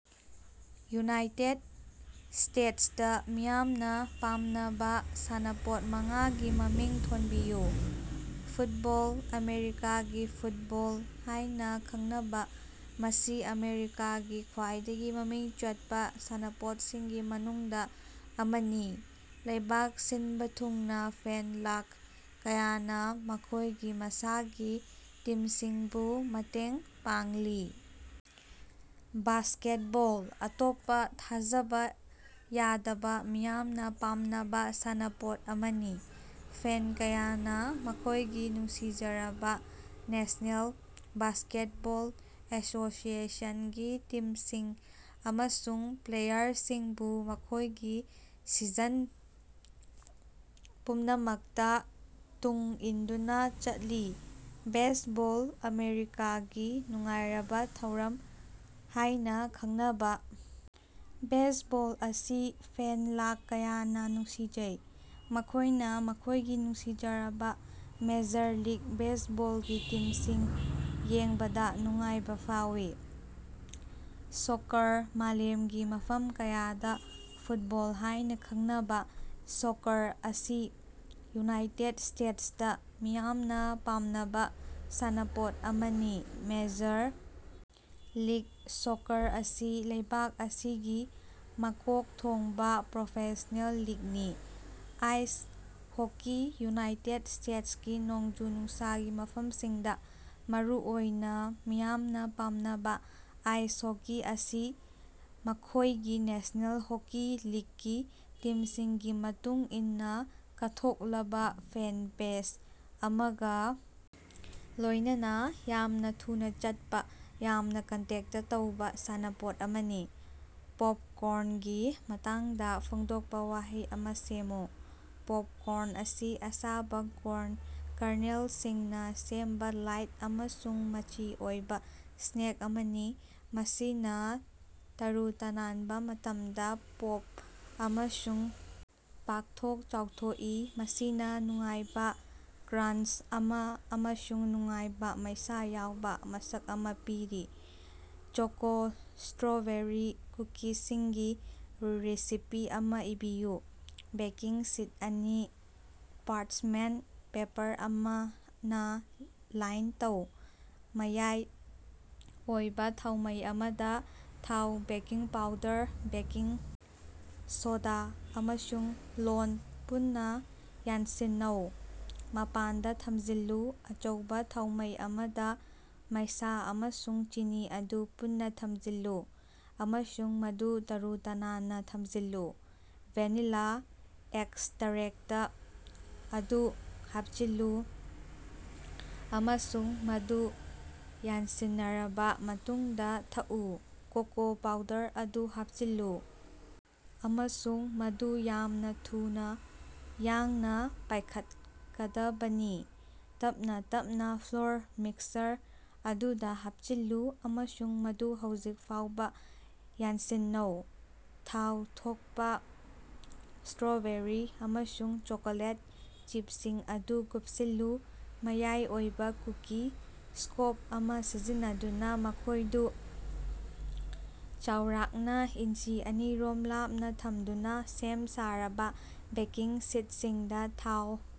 United ꯁ꯭ꯇꯦꯇꯁꯇꯥ ꯃꯤꯌꯥꯝꯅ ꯄꯥꯝꯅꯕ ꯁꯥꯟꯅꯄꯣꯠ ꯃꯉꯥꯒꯤ ꯃꯃꯤꯡ ꯊꯣꯟꯕꯤꯌꯨ꯫ ꯐꯨꯠꯕꯣꯜ - ꯑꯃꯦꯔꯤꯀꯥꯒꯤ ꯐꯨꯠꯕꯣꯜ ꯍꯥꯏꯅ ꯈꯪꯅꯕ, ꯃꯁꯤ ꯑꯃꯦꯔꯤꯀꯥꯒꯤ ꯈ꯭ꯋꯥꯏꯗꯒꯤ ꯃꯃꯤꯡ ꯆꯠꯄꯥ ꯁꯥꯟꯅꯄꯣꯠꯁꯤꯡꯒꯤ ꯃꯅꯨꯡꯗ ꯑꯃꯅꯤ, ꯂꯩꯕꯥꯛ ꯁꯤꯟꯕ ꯊꯨꯡꯅ ꯐꯦꯟ ꯂꯥꯈ ꯀꯌꯥꯅ ꯃꯈꯣꯏꯒꯤ ꯃꯁꯥꯒꯤ ꯇꯤꯝꯁꯤꯡꯕꯨ ꯃꯇꯦꯡ ꯄꯥꯡꯂꯤ꯫ ꯕꯥꯁꯀꯦꯠꯕꯣꯜ - ꯑꯇꯣꯞꯄ ꯊꯥꯖꯕ ꯌꯥꯗꯕ ꯃꯤꯌꯥꯝꯅ ꯄꯥꯝꯅꯕꯥ ꯁꯥꯟꯅꯄꯣꯠ ꯑꯃꯅꯤ, ꯐꯦꯟ ꯀꯌꯥꯅ ꯃꯈꯣꯏꯒꯤ ꯅꯨꯡꯁꯤꯖꯔꯕꯥ ꯅꯦꯁꯅꯦꯜ ꯕꯥꯁꯀꯦꯠꯕꯣꯜ ꯑꯦꯁꯣꯁꯤꯌꯦꯁꯟ ꯒꯤ ꯇꯤꯝꯁꯤꯡ ꯑꯃꯁꯨꯡ ꯄ꯭ꯂꯦꯌꯥꯔꯁꯤꯡꯕꯨ ꯃꯈꯣꯏꯒꯤ ꯁꯤꯖꯟ ꯄꯨꯝꯅꯃꯛꯇ ꯇꯨꯡ ꯏꯟꯗꯨꯅ ꯆꯠꯂꯤ꯫ ꯕꯦꯖꯕꯣꯜ - ꯑꯃꯦꯔꯤꯀꯥꯒꯤ ꯅꯨꯡꯉꯥꯏꯔꯕ ꯊꯧꯔꯝ ꯍꯥꯏꯅ ꯈꯪꯅꯕ ꯕꯦꯖꯕꯣꯜ ꯑꯁꯤ ꯐꯦꯟ ꯂꯥꯈ ꯀꯌꯥꯅ ꯅꯨꯡꯁꯤꯖꯩ, ꯃꯈꯣꯏꯅ ꯃꯈꯣꯏꯒꯤ ꯅꯨꯡꯁꯤꯖꯔꯕꯥ ꯃꯦꯖꯔ ꯂꯤꯒ ꯕꯦꯖꯕꯣꯜꯒꯤ ꯇꯤꯝꯁꯤꯡ ꯌꯦꯡꯕꯗꯥ ꯅꯨꯡꯉꯥꯏꯕ ꯐꯥꯎꯏ꯫ ꯁꯣꯀꯔ - ꯃꯥꯂꯦꯝꯒꯤ ꯃꯐꯝ ꯀꯌꯥꯗ ꯐꯨꯠꯕꯣꯜ ꯍꯥꯏꯅ ꯈꯪꯅꯕꯥ ꯁꯣꯀꯔ ꯑꯁꯤ ꯌꯨꯅꯥꯏꯇꯦꯗ ꯁ꯭ꯇꯦꯇꯁꯇꯥ ꯃꯤꯌꯥꯝꯅ ꯄꯥꯝꯅꯕꯥ ꯁꯥꯟꯅꯄꯣꯠ ꯑꯃꯅꯤ, ꯃꯦꯖꯔ ꯂꯤꯒ ꯁꯣꯀꯔ ꯑꯁꯤ ꯂꯩꯕꯥꯛ ꯑꯁꯤꯒꯤ ꯃꯀꯣꯛ ꯊꯣꯡꯕꯥ ꯄ꯭ꯔꯣꯐꯦꯁ꯭ꯅꯦꯜ ꯂꯤꯒꯅꯤ꯫ ꯑꯥꯏꯁ ꯍꯣꯀꯤ - ꯌꯨꯅꯥꯏꯇꯦꯗ ꯁ꯭ꯇꯦꯇꯁꯀꯤ ꯅꯣꯡꯖꯨ-ꯅꯨꯡꯁꯥꯒꯤ ꯃꯐꯝꯁꯤꯡꯗ ꯃꯔꯨꯑꯣꯏꯅ ꯃꯤꯌꯥꯝꯅ ꯄꯥꯝꯅꯕꯥ ꯑꯥꯏꯁ ꯍꯣꯀꯤ ꯑꯁꯤ ꯃꯈꯣꯏꯒꯤ ꯅꯦꯁ꯭ꯅꯦꯜ ꯍꯣꯀꯤ ꯂꯤꯒꯀꯤ ꯇꯤꯝꯁꯤꯡꯒꯤ ꯃꯇꯨꯡ ꯏꯟꯅ ꯀꯠꯊꯣꯛꯂꯕ ꯐꯦꯟ ꯕꯦꯖ ꯑꯃꯒ ꯂꯣꯏꯅꯅ ꯌꯥꯝꯅ ꯊꯨꯅꯥ ꯆꯠꯄ, ꯌꯥꯝꯅ ꯀꯟꯇꯦꯛꯇ ꯇꯧꯕ ꯁꯥꯟꯅꯄꯣꯠ ꯑꯃꯅꯤ꯫ ꯄꯣꯞꯀꯣꯔ꯭ꯟꯒꯤ ꯃꯇꯥꯡꯗ ꯐꯣꯡꯗꯣꯛꯄ ꯋꯥꯍꯩ ꯑꯃ ꯁꯦꯝꯃꯨ꯫ ꯄꯣꯞꯀꯣꯔ꯭ꯟ ꯑꯁꯤ ꯑꯁꯥꯕ ꯀꯣꯔ꯭ꯟ ꯀꯔꯅꯦꯜꯁꯤꯡꯅ ꯁꯦꯝꯕ ꯂꯥꯏꯠ ꯑꯃꯁꯨꯡ ꯃꯆꯤ ꯑꯣꯏꯕ ꯁ꯭ꯅꯦꯛ ꯑꯃꯅꯤ, ꯃꯁꯤꯅ ꯇꯔꯨ ꯇꯅꯥꯟꯕ ꯃꯇꯝꯗ ꯄꯣꯞ ꯑꯃꯁꯨꯡ ꯄꯥꯛꯊꯣꯛ-ꯆꯥꯎꯊꯣꯛꯏ, ꯃꯁꯤꯅ‌ ꯅꯨꯡꯉꯥꯏꯕ ꯀ꯭ꯔꯥꯟꯆ ꯑꯃ ꯑꯃꯁꯨꯡ ꯅꯨꯡꯉꯥꯏꯕ ꯃꯩꯁꯥ ꯌꯥꯎꯕ ꯃꯁꯛ ꯑꯃ ꯄꯤꯔꯤ꯫ ꯆꯣꯀꯣ-ꯁ꯭ꯇꯔꯣꯕꯦꯔꯤ ꯀꯨꯀꯤꯁꯤꯡꯒꯤ ꯔꯦꯁꯤꯄꯤ ꯑꯃ ꯏꯕꯤꯌꯨ꯫ ꯕꯦꯀꯤꯡ ꯁꯤꯠ ꯑꯅꯤ ꯄꯥꯔꯆꯃꯦꯟꯇ ꯄꯦꯄꯔ ꯑꯃꯅ ꯂꯥꯏꯟ ꯇꯧ꯫ ꯃꯌꯥꯏ ꯑꯣꯏꯕ ꯊꯥꯎꯃꯩ ꯑꯃꯗ, ꯊꯥꯎ, ꯕꯦꯀꯤꯡ ꯄꯥꯎꯗꯔ, ꯕꯦꯀꯤꯡ ꯁꯣꯗꯥ ꯑꯃꯁꯨꯡ ꯂꯣꯟ ꯄꯨꯟꯅ ꯌꯥꯟꯁꯤꯟꯅꯧ꯫ ꯃꯄꯥꯟꯗ ꯊꯝꯖꯤꯜꯂꯨ꯫ ꯑꯆꯧꯕ ꯊꯥꯎꯃꯩ ꯑꯃꯗ, ꯃꯩꯁꯥ ꯑꯃꯁꯨꯡ ꯆꯤꯅꯤ ꯑꯗꯨ ꯄꯨꯟꯅ ꯊꯝꯖꯤꯜꯂꯨ ꯑꯃꯁꯨꯡ ꯃꯗꯨ ꯇꯔꯨ-ꯇꯅꯥꯟꯅ ꯊꯝꯖꯤꯜꯂꯨ ꯫ꯚꯦꯅꯤꯂꯥ ꯑꯦꯛꯁꯇꯔꯦꯛꯇ ꯑꯗꯨ ꯍꯥꯞꯆꯤꯜꯂꯨ ꯑꯃꯁꯨꯡ ꯃꯗꯨ ꯌꯥꯟꯁꯤꯟꯅꯔꯕꯥ ꯃꯇꯨꯡꯗ ꯊꯛꯎ꯫ ꯀꯣꯀꯣ ꯄꯥꯎꯗꯔ ꯑꯗꯨ ꯍꯥꯞꯆꯤꯜꯂꯨ ꯑꯃꯁꯨꯡ ꯃꯗꯨ ꯌꯥꯝꯅ ꯊꯨꯅ ꯌꯥꯡꯅ ꯄꯥꯏꯈꯠꯀꯗꯕꯅꯤ꯫ ꯇꯞꯅꯥ ꯇꯞꯅꯥ ꯐ꯭ꯂꯣꯔ ꯃꯤꯛꯁꯆꯔ ꯑꯗꯨꯗ ꯍꯥꯞꯆꯤꯜꯂꯨ ꯑꯃꯁꯨꯡ ꯃꯗꯨ ꯍꯧꯖꯤꯛ ꯐꯥꯎꯕ ꯌꯥꯟꯁꯤꯟꯅꯧ꯫ ꯊꯥꯎ ꯊꯣꯛꯄꯥ ꯁ꯭ꯇꯔꯣꯕꯦꯔꯤ ꯑꯃꯁꯨꯡ ꯆꯣꯀꯣꯂꯦꯠ ꯆꯤꯞꯁꯤꯡ ꯑꯗꯨ ꯀꯨꯞꯁꯤꯜꯂꯨ꯫ ꯃꯌꯥꯏ ꯑꯣꯏꯕ ꯀꯨꯀꯤ ꯁ꯭ꯀꯣꯞ ꯑꯃ ꯁꯤꯖꯤꯟꯅꯗꯨꯅ, ꯃꯈꯣꯏꯗꯨ ꯆꯥꯎꯔꯥꯛꯅ ꯏꯟꯆꯤ ꯑꯅꯤ ꯔꯣꯝ ꯂꯥꯞꯅ ꯊꯝꯗꯨꯅ ꯁꯦꯝ-ꯁꯥꯔꯕꯥ ꯕꯦꯀꯤꯡ ꯁꯤꯠꯁꯤꯡꯗ ꯊꯥꯎ꯫